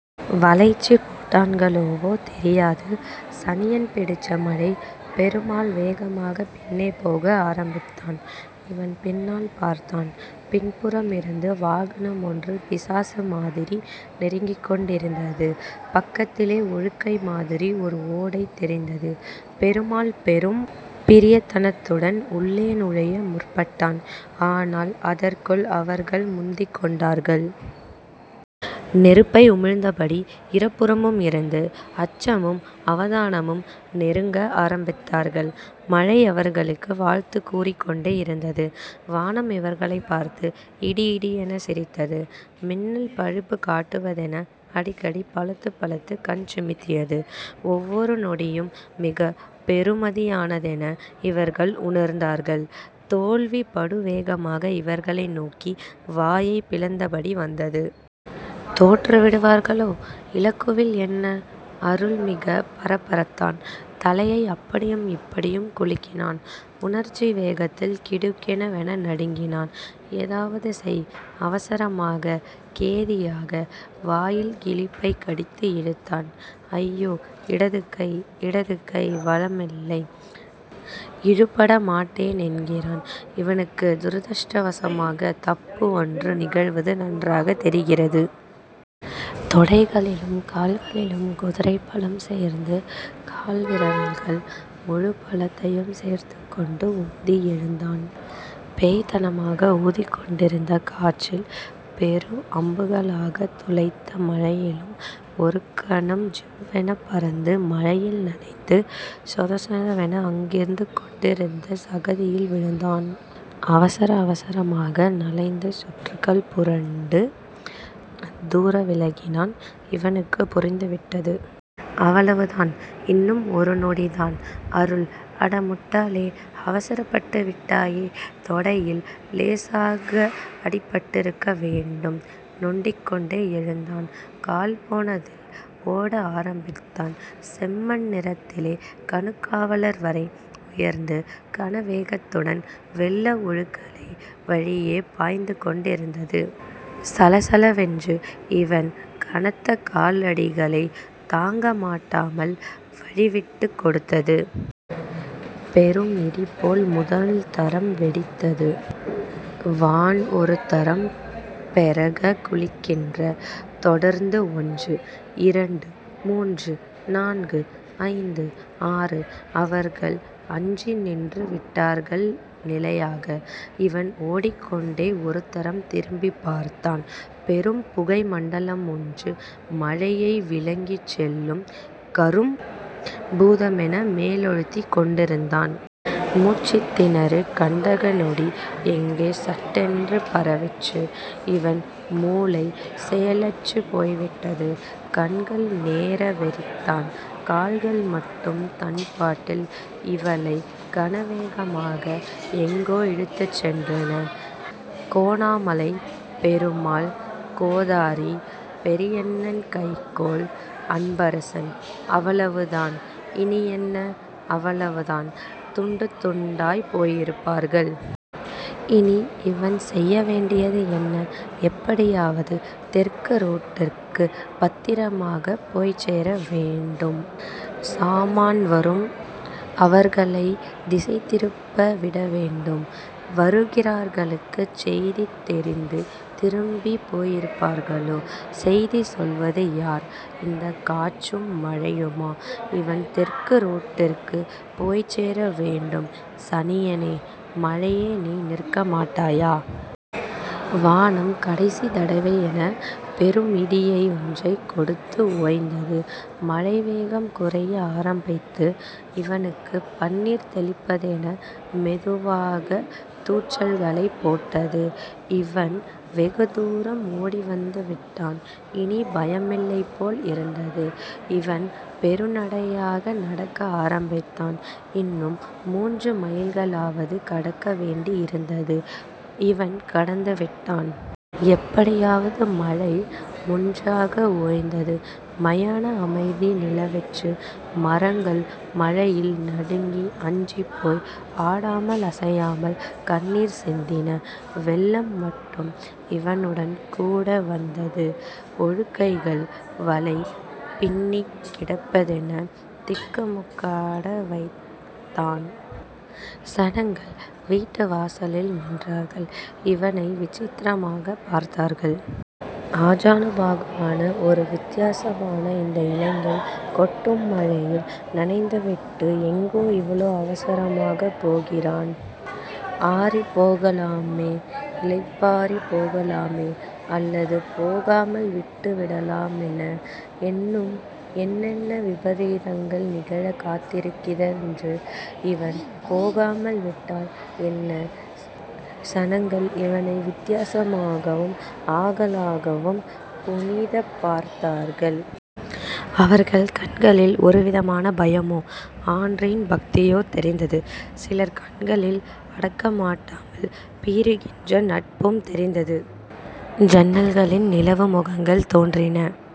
வளைச்சுப்போட்டான்களோவும் தெரியாது சனியன் பிடிச்ச மழை பெருமாள் வேகமாக பின்னே போக ஆரம்பித்தான். இவன் பின்னால் பார்த்தான். பின்புறமிருந்தும் வாகனம்ஒன்று பிசாசு மாதிரி நெருங்கிக்கொண்டிருந்தது பக்கத்திலே ஒழுங்கைமாதிரி ஒரு ஓடை தெரிந்தது. பெருமாள் பெரும் பிரயத்தனத்துடன் உள்ளே நுழைய முற்பட்டான். ஆனால் அதற்குள் அவர்கள் முந்திக்கொண்டார்கள். நெருப்பை உமிழ்ந்த படி இருபுறமிருந்தும் அச்சமும் அவதானமுமாக நெருங்க ஆரம்பித்தார்கள். மழை அவர்களுக்க வாழ்த்துச் கூறிக்கொண்டிருந்தது. வானம் இவர்களைப் பார்த்து இடிஇடியெனச் சிரித்தது. மின்னல் பழிப்புக் காட்டுவதென அடிக்கடி பளபளத்துக் கண்சிமிட்டியது. ஒவ்வொரு நொடியும் மிகப் பெறுமதியானதென இவர்கள் உணர்ந்தார்கள். தோல்வி படுவேகமாக இவர்களை நோக்கி வாயைப் பிளந்தபடி வந்தது. தோற்று விடுவார்களோ இலகுவில் என்ன?.... அருள் மிகப் பரபரத்தான்.... தலையை அப்படியும் இப்படியும் குலுக்கினான். உணர்ச்சி வேகத்தில் கிடுகிடுவென நடுங்கினான்.... ஏதாவது செய்... அவசரமாக... கெதியாக... வாயில் கிளிப்பைக் கடித்து இழுத்தான். ஐயோ! இடது கை... இடதுகை... வழமில்லை! இழுபட மாட்டேன் என்கிறது. இவனுக்கு துரதிர்ஷ்டவசமான தப்பு ஒன்று நிகழ்வது நன்றாகவே தெரிந்தது. தொடைகளிலும் கணுக்காலிலும் குதிரைபலம் சேர்ந்தது. கால்விரல்களில் முழுபலத்தையும் சேர்த்துக்கொண்டே உந்தி எழுந்தான். பேய்த்தனமாக ஊதிக்கொண்டிருந்த காற்றிலும் பெரு அம்புகளாகத் துளைக்கும் மழையிலும் ஒருகணம் ஜிவ்வெனப் பறந்து மழையில் நனைந்து சொசொதவென அனங்கிக்கொண்டிருந்த சகதியில் விழுந்தான். அவசர அவசரமாக நாலைந்து சுற்றுக்கள் புரண்டு தூரவிலகினான். இவனுக்கு புரிந்துவிட்டது.... அவ்வளவுதான்... இன்னும் ஒரு நொடிதான்... அருள் அடமுட்டாளே. அவசரப்பட்டுவிட்டாயே தொடைகளில் இலேசாக அடிபட்டிருக்க வேண்டும். நொண்டிக்கொண்டே எழுந்தான். கால்போன திக்கில் ஓட ஆரம்பித்தான். செம்மண் நிறத்திலே கணுக்கால்வரை உயர்ந்து கனவேகத்துடன் வெள்ளம் ஒழுங்கைகள் வழியே பாய்ந்துகொண்டிருந்தது. சளசள என்று இவன் கனத்த காலடிகளைத் தாங்கமாட்டாமல் வழிவிட்டுக் கொடுத்தது. பெரும் இடிபோல முதல் தரம் வெடித்தது. வான்ஒருதரம் பெருகக் குலுக்கிற்று. தொடர்ந்து ஒன்று... இரண்டு... மூன்று... நாலு... ஐந்து... ஆறு... அவர்கள் அஞ்சி நின்று விட்டார்கள் நிலையாக! இவன் ஒடிக்கொண்டே ஒருதரம் திரும்பிப்பார்த்தான். பெரும் புகைமண்டலமொன்று மழையை விலக்கிச் செல்லும் கரும் பூதமென மேலெழுந்து கொண்டிருந்தது. மூச்சுத் திணறும் கந்தகநெடி எங்கும் சட்டெனப் பரவிற்று. இவன் மூளை செயலற்றுப் போய்விட்டது. கண்கள் நேரே வெறித்தன. கால்கள் மட்டும் தம்பாட்டில் இவளை கனவேகமாக எங்கோ இழுத்துச்சென்றன. கோணாமலை. பெருமாள். கேதாரி... பெரியண்ணன் கைக்கேல்... அன்பரசன்.... அவ்வளவுதான். இனியென்ன?... அவ்வளவுதான்... துண்டு துண்டாகப் போயிருப்பார்கள். இனி? இவன் செய்யவேண்டியது என்ன? எப்படியாவது தெற்கு ரோட்டுக்கு பத்திரமாகப் போய்ச்சேர வேண்டும். சாமான் வரும். அவர்களைத் திசை திருப்பி விடவேண்டும். வருகிறவர்களுக்குச் செய்தி தெரிந்து திரும்பிப் போயிருப்பார்களோ?.... செய்தி சொல்லுவது யார்? இந்தக் காற்றும் மழையுமா? இவன் தெற்கு ரோட்டுக்குப் போய்ச்சேரவேண்டும் சனியனே மழையே நீ நிற்க மாட்டாயா.... வானம் கடைசித்தடவையாக பெருமிடியன்றைக் கொடுத்து ஓய்ந்தது. மழைவேகம் குறைய ஆரம்பித்தது இவனுக்கு பன்னீர் தெளிப்பதென மெதுவாக தூற்றல்களைப் போட்டது. இவன் வெகுதூரம் ஓடிவந்து விட்டான். இனிப் பயமில்லைப் போல் இருந்தது. இவன் பெருநடையாக நடக்க ஆரம்பித்தான். இன்னும் மூன்று மைல்களாவது கடக்க வேண்டியிருந்தது. இவன் கடந்துவிடுவான்... எப்படியாவது மழை முற்றாக ஓய்ந்தது. மயான அமைதி நிலவிற்று மரங்கள் மழையில் நடுங்கி அஞ்சிப்போய் ஆடாமல் அசையாமல் கண்ணீர் சிந்தின. வெள்ளம் மட்டும் இவனுடன் கூட வந்தது. ஒழுங்கைகள் வலை பின்னிக் கிடப்பதென திக்குமுக்காட வைத்தன. சனங்கள் வீட்டு வாசல்களில் நின்றார்கள். இவனை விசித்திரமாகப் பார்த்தார்கள். ஆஜானுபாகுவான ஒரு வித்தியாசமான இந்த இளைஞன் கொட்டும் மழையில் நனைந்து விட்டு எங்கே இவ்வளவு அவசரமாகப் போகிறான் ஆறிப்போகலாமே, கொஞ்சம் இளைப்பாறிப் போகலாமே... அல்லது போகலாமே விட்டுவிட்டால் என்ன.... இன்னும் என்ன என்ன விபரீதங்களும் நிகழக் காத்திருக்கின்றனவோ இன்று இவன் போகாமலே விட்டால் என்ன? சனங்கள் இவனை விசித்திரமாகவும், ஆவலாகவும் புதினம் பார்த்தார்கள். அவர்கள் கண்களில் ஒருவிதமான பயமோ.... அன்றிப் பக்தியோ.... தெரிந்தது. சிலர் கண்களில் அடக்கமாட்டாமல் பீரிடுகின்ற நட்பு தெரிந்தது. ஜன்னல்களில் நிலவு முகங்கள் தோன்றின.